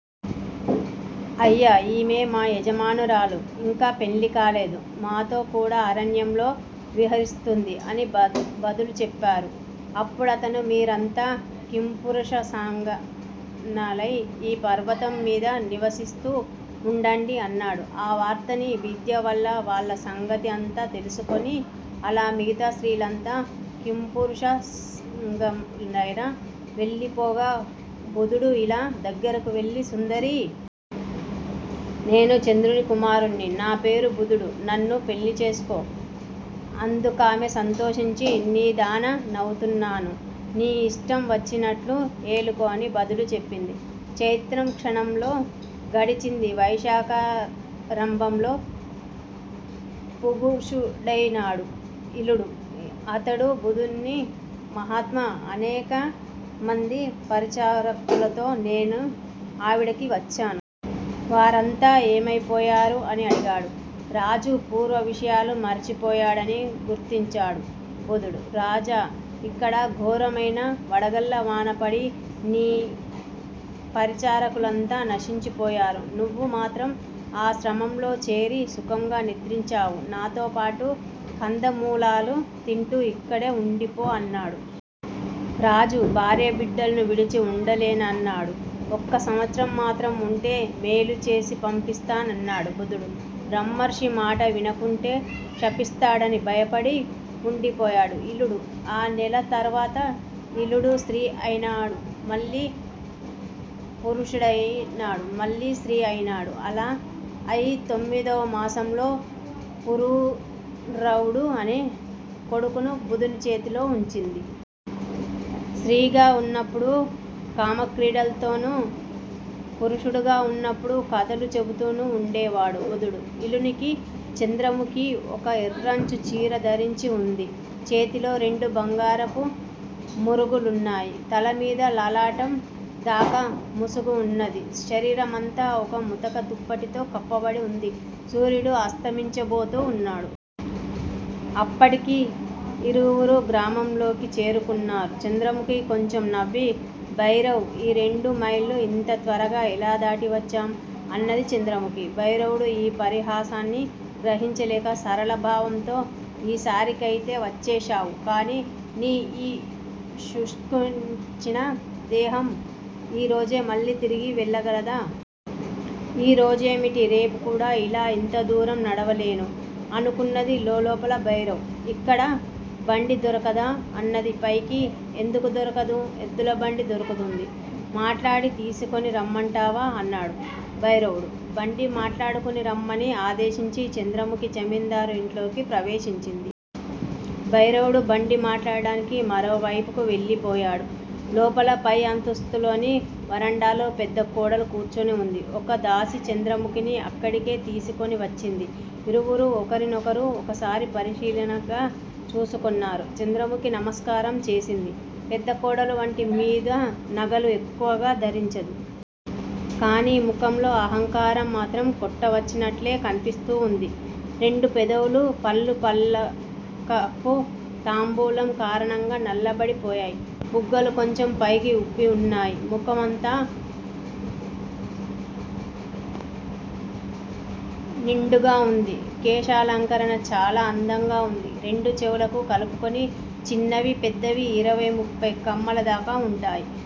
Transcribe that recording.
అయ్యా! ఈమె మా యజమానురాలు. ఇంకా పెళ్లి కాలేదు. మాతో కూడా అరణ్యంలో విహరిస్తూంది అని బదులు చెప్పారు. అప్పుడతను మీరంతా కింపురుషాంగనలై ఈ పర్వతం మీద నివసిస్తూ వుండండి అన్నాడు. ఆవార్తని విద్య వల్ల వాళ్ల సంగతి అంతా తెలుసుకొని. అలా మిగతా స్త్రీలంతా కింపురుషాంగనలై వెళ్లిపోగా బుధుడు ఇళ దగ్గరకు వెళ్ళి సుందరీ! నేను చంద్రుని కుమారుణ్ణి. నా పేరు బుధుడు. నన్ను పెళ్ళి చేసుకో. అందుకామె సంతోషించి నీదాన నవుతున్నాను. నీ ఇష్టం వచ్చినట్లు ఏలుకో అని బదులు చెప్పింది. చైత్రం క్షణంలో గడిచింది. వైశాఖారంభంలో పుఋషుడైనాడు ఇళుడు. అతడు బుధుణ్ని మహాత్మా! అనేకమంది పరిచారకుల్తో నేనీ అడవికి వచ్చాను. వారంతా ఏమైపోయారు? ' అని అడిగాడు. రాజు పూర్వ విషయాలు మరచిపోయాడని గుర్తించాడు బుధుడు. రాజా! ఇక్కడ ఘోరమైన వడగళ్ళ వాన పడి నీ పరిచారకులంతా నశించిపోయారు. నువ్వు మాత్రం నా ఆశ్రమంలో చేరి సుఖంగా నిద్రించావు. నాతోపాటు కందమూలాలు తింటూ ఇక్కడే వుండిపో అన్నాడు. రాజు భార్యాబిడ్డల్ను విడిచి వుండలేనన్నాడు. ఒక్క సంవత్సరం మాత్రం వుంటే మేలు చేసి పంపిస్తా నన్నాడు బుధుడు. బ్రహ్మర్షి మాట వినకుంటే శపిస్తాడని భయపడి వుండిపోయాడు ఇళుడు. ఆ నెల తర్వాత ఇళుడు స్త్రీ అయినాడు. మళ్లీ పుఋషుడైనాడు. మళ్ళీ స్త్రీ అయినాడు. అలా అయి తొమ్మిదవ మాసంలో పురూరవుడు అనే కొడుకును బుధుని చేతిలో ఉంచింది. స్త్రీగా వున్నప్పుడు కామక్రీడల్తోనూ, పుఋషుడుగా వున్నప్పుడు కథలు చెపుతూనూ వుండేవాడు బుధుడు ఇళునికి. చంద్రముఖి ఒక ఎర్రంచు చీర ధరించి వుంది. చేతిలో రెండు బంగారపు మురుగులున్నాయి. తల మీద లలాటం దాకా ముసుగు వున్నది. శరీరమంతా ఒక ముతక దుప్పటిలో కప్పబడి వుంది. సూర్యుడు అస్తమించబోతూ వున్నాడు. అప్పటికి ఇరువురూ గ్రామంలోకి చేరుకున్నారు. చంద్రముఖి కొంచెం నవ్వి భైరవ్! ఈ రెండు మైళ్ళు ఇంత త్వరగా ఎలా దాటి వచ్చాం? అన్నది చంద్రముఖి. భైరవుడు ఈ పరిహాసాన్ని గ్రహించలేక సరళ భావంతో_ ఈ సారికైతే వచ్చేశావు. కాని నీ యీ శుష్కించిన దేహం ఈ రోజే మళ్ళీ తిరిగి వెళ్ళగలదా? 'ఈ రోజేమిటి? రేపు కూడా ఇలా ఇంత దూరం నడవలేను. ' అనుకున్నది లోలోపల. భైరవ్! ఇక్కడ బండి దొరకదా? అన్నది పైకి. ఎందుకు దొరకదు? ఎద్దులబండి దొరుకుతుంది. మాట్లాడి తీసికొని రమ్మంటావా? అన్నాడు భైరవుడు. బండి మాట్లాడుకు రమ్మని ఆదేశించి చంద్రముఖి జమీందారు ఇంట్లోకి ప్రవేశించింది. భైరవుడు బండి మాట్లాడటానికి మరోవైపుకు వెళ్ళిపోయాడు. లోపల పై అంతస్తులోని వరండాలో పెద్ద కోడలు కూర్చొని వుంది. ఒక దాసీ చంద్రముఖిని అక్కడికే తీసికొని వచ్చింది. ఇరువురూ ఒకరినొకరు ఒకసారి పరిశీలనగా చూసుకొన్నారు. చంద్రముఖి నమస్కారం చేసింది. పెద్దకోడలు ఒంటి మీద నగలు ఎక్కువగా ధరించదు. కాని ముఖంలో అహంకారం మాత్రం కొట్టవచ్చినట్లే కన్పిస్తూ వుంది. రెండు పెదవులు, పళ్ళు పళ్ళకప్పు, తాంబూలం కారణంగా నల్లబడిపోయాయి. బుగ్గలు కొంచెం పైకి ఉబ్బి వున్నాయి. ముఖం అంతా నిండుగా వుంది. కేశాలంకరణ చాలా అందంగా వుంది. రెండు చెవులకూ కలుపుకొని చిన్నవీ, పెద్దవీ ఇరవై ముప్పై కమ్మలదాకా వుంటాయి.